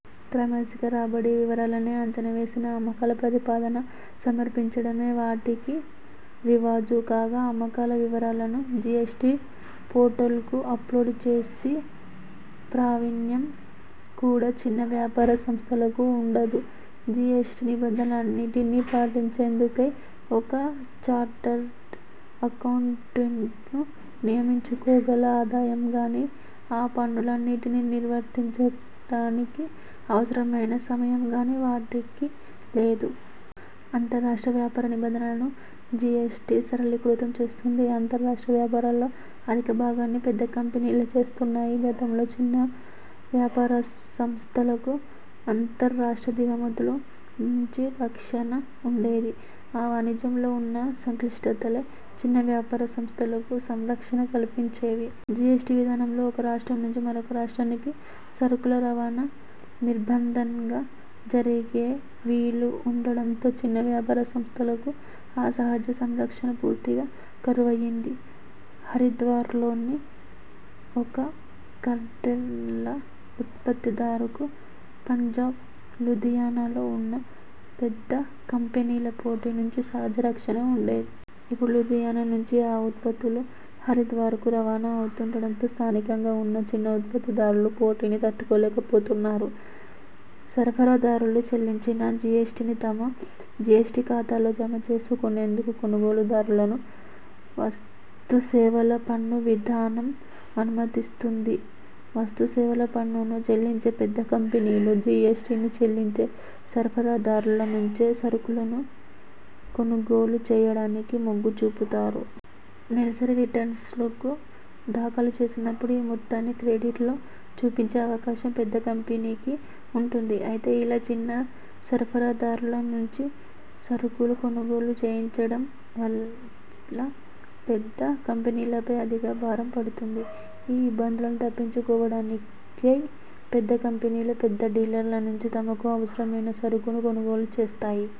త్రైమాసిక రాబడి వివరాలనే అంచనావేసిన అమ్మకాల ప్రాతిపదికన సమర్పించడమే వాటికి రివాజు. కాగా అమ్మకాల వివరాలను జీఎస్టీ పోర్టల్కు అప్లోడ్ చేసే ప్రావీణ్యం కూడా చిన్న వ్యాపార సంస్థలకు వుండదు. జీఎస్టీ నిబంధలన్నిటినీ పాటించేందుకై ఒక చార్టర్డ్ అక్కౌంటెంట్ను నియమించుకోగల ఆదాయంగానీ, ఆ పనులన్నిటినీ నిర్వర్తించ డానికి అవసరమైన సమయం గానీ వాటికి లేదు. అంతర్ రాష్ట్ర వ్యాపార నిబంధనలను జీఎస్టీ సరళీకృతం చేస్తుంది. అంతర్ రాష్ట్ర వ్యాపారాలలో అధిక భాగాన్ని పెద్ద కంపెనీలే చేస్తున్నాయి. గతంలో చిన్న వ్యాపా రసంస్థలకు, అంతర్ రాష్ట్ర దిగుమతుల నుంచి రక్షణ వుండేది. ఆ వాణిజ్యంలో వున్న సంక్లిష్టతలే చిన్న వ్యాపార సంస్థలకు సంరక్షణ కల్పించేవి. జీఎస్టీ విధానంలో ఒక రాష్ట్రం నుంచి మరో రాష్ట్రానికి సరుకుల రవాణా నిర్నిబంధంగా జరిగే వీలు వుండడంతో చిన్న వ్యాపార సంస్థలకు ఆ సహజ సంరక్షణ పూర్తిగా కరువయ్యింది. హరిద్వార్లోని ఒక కర్టెన్ ల ఉత్పత్తిదారుకు పంజాబ్ లూధియానాలో వున్న పెద్ద కంపెనీల పోటీ నుంచి సహజ రక్షణ వుండేది. ఇప్పుడు లూధియానా నుంచి ఆ ఉత్పత్తులు హరిద్వార్కు రవాణా అవుతుండడంతో స్థానికంగా ఉన్న చిన్న ఉత్పత్తిదారులు పోటీని తట్టుకోలేకపోతున్నారు. సరఫరాదారులు చెల్లించిన జీఎస్టీని తమ జీఎస్టీ ఖాతాలో జమ చేసుకొనేం దుకు కొనుగోలుదారులను వస్తుసేవల పన్ను విధానం అనుమతిస్తుంది. వస్తు సేవల పన్నును చెల్లించే పెద్ద కంపెనీలు, జీఎస్టీని చెల్లించే సరఫరాదారుల నుంచే సరుకులను కొనుగోలు చేయడానికి మొగ్గు చూపుతారు. నెలసరి రిటర్న్స్ను దాఖలు చేసినప్పుడు ఈ మొత్తాన్ని క్రెడిట్లో చూపించే అవకాశం పెద్ద కంపెనీకి వుంటుంది. అయితే ఇలా చిన్న సరఫరాదారుల నుంచి సరుకులు కొనుగోలు చేయడంవల్ల పెద్ద కంపెనీలపై అధిక భారం పడుతుంది. ఈ ఇబ్బందులను తప్పించుకోవడానికై పెద్ద కంపెనీలు పెద్ద డీలర్ల నుంచే తమకు అవసరమైన సరుకును కొనుగోలు చేస్తాయి.